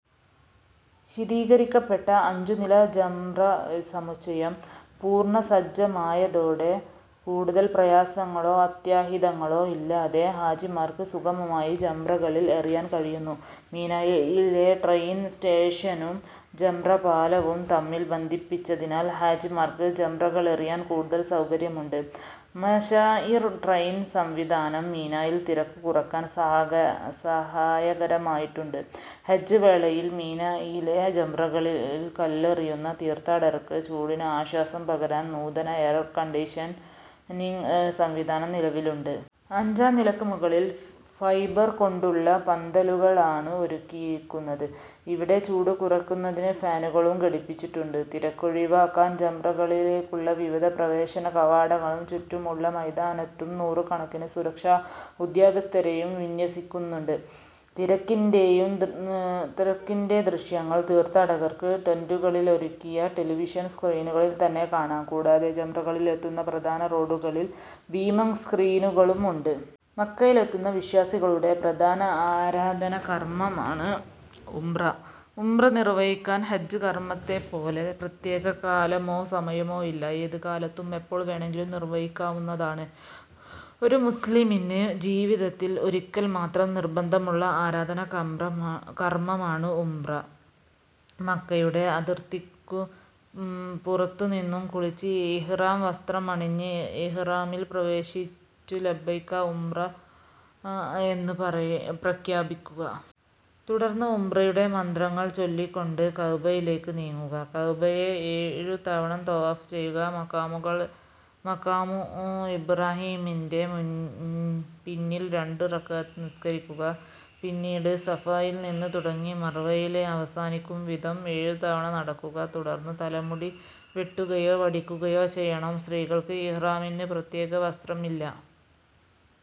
ശീതീകരിക്കപ്പെട്ട അഞ്ചുനില ജംറ സമുച്ചയം പൂർണസജ്ജമായതോടെ കൂടുതൽ പ്രയാസങ്ങളോ അത്യാഹിതങ്ങളോ ഇല്ലാതെ ഹാജിമാർക്ക് സുഗമമായി ജംറകളിൽ എറിയാൻ കഴിയുന്നു. മിനായിലെ ട്രെയിൻ സ്റ്റേഷനും ജംറ പാലവും തമ്മിൽ ബന്ധിപ്പിച്ചതിനാൽ ഹാജിമാർക്ക് ജംറകളെറിയാൻ കൂടുതൽ സൗകര്യമുണ്ട്. മശാഇർ ട്രെയിൻ സംവിധാനം മിനായിലെ തിരക്ക് കുറക്കാൻ സഹായകരമായിട്ടുണ്ട്. ഹജ്ജ് വേളയിൽ മിനയിലെ ജംറകളിൽ കല്ലെറിയുന്ന തീർഥാടകർക്ക് ചൂടിന് ആശ്വാസം പകരാൻ നൂതന എയർകണ്ടീഷനിങ് സംവിധാനവും നിലവിലുണ്ട്. അഞ്ചാം നിലക്ക് മുകളിൽ ഫൈബർ കൊണ്ടുള്ള പന്തലുകളാണ് ഒരുക്കിയിരിക്കുന്നത്. ഇവിടെ ചൂട് കുറക്കുന്നതിന് ഫാനുകളും ഘടിപ്പിച്ചിട്ടുണ്ട്. തിരക്കൊഴിവാക്കാൻ ജംറകളിലേക്കുള്ള വിവിധ പ്രവേശന കവാടങ്ങളിലും ചുറ്റുമുള്ള മൈതാനത്തും നൂറുക്കണക്കിന് സുരക്ഷ ഉദ്യോഗസ്ഥരെയും വിന്ന്യസിക്കാറുണ്ട്. തിരക്കിന്റെ ദൃശ്യങ്ങൾ തീർഥാടകർക്ക് ടന്റുകളിലൊരുക്കിയ ടെലിവിഷൻ സ്ക്രീനുകളിൽ തന്നെ കാണാം. കൂടാതെ ജംറകളിലേക്ക് എത്തുന്ന പ്രധാന റോഡുകളിൽ ഭീമൻ സ്ക്രീനുകളും ഉണ്ട്. മക്കയിലെത്തുന്ന വിശ്വാസികളുടെ ഒരു പ്രധാന ആരാധനാ കർമമാണ് ഉംറ. ഉംറ നിർവഹിക്കാൻ ഹജ്ജ് കർമ്മത്തെപ്പോലെ പ്രത്യേക കാലമോ സമയമോ ഇല്ല. ഏത് കാലത്തും എപ്പോൾ വേണമെങ്കിലും നിർവ്വഹിക്കാവുന്നതാണ്. ഒരു മുസ്ലിമിന് ജീവിതത്തിൽ ഒരിക്കൽ മാത്രം നിർബന്ധമുള്ള ആരാധനാ കർമമാണ് ഉംറ. മക്കയുടെ അതിർത്തിക്കു പുറത്തു നിന്നും കുളിച്ച് ഇഹ്റാം വസ്ത്രമണിഞ്ഞ് ഇഹ്റാമിൽ പ്രവേശിച്ചു ലബൈക ഉംറ എന്ന് പ്രഖ്യാപിക്കുക. തുടർന്ന് ഉംറയുടെ മന്ത്രങ്ങൾ ചൊല്ലിക്കൊണ്ട് കഅബയിലേക്ക് നീങ്ങുക. കഅബയെ ഏഴു തവണ ത്വവാഫ് ചെയ്യുക. മഖാമു ഇബ്റാഹീമിന്റെ പിന്നിൽ രണ്ടു റക്അത്ത് നമസ്കരിക്കുക. പിന്നീട് സഫയിൽ നിന്ന് തുടങ്ങി മർവയിൽ അവസാനിക്കുന്ന വിധം ഏഴുതവണ നടക്കുക. തുടർന്ന് തലമുടി വെട്ടുകയോ വടിക്കുകയോ ചെയ്യണം. സ്ത്രീകൾക്ക് ഇഹ്റാമിന്ന് പ്രത്യേക വസ്ത്രമില്ല.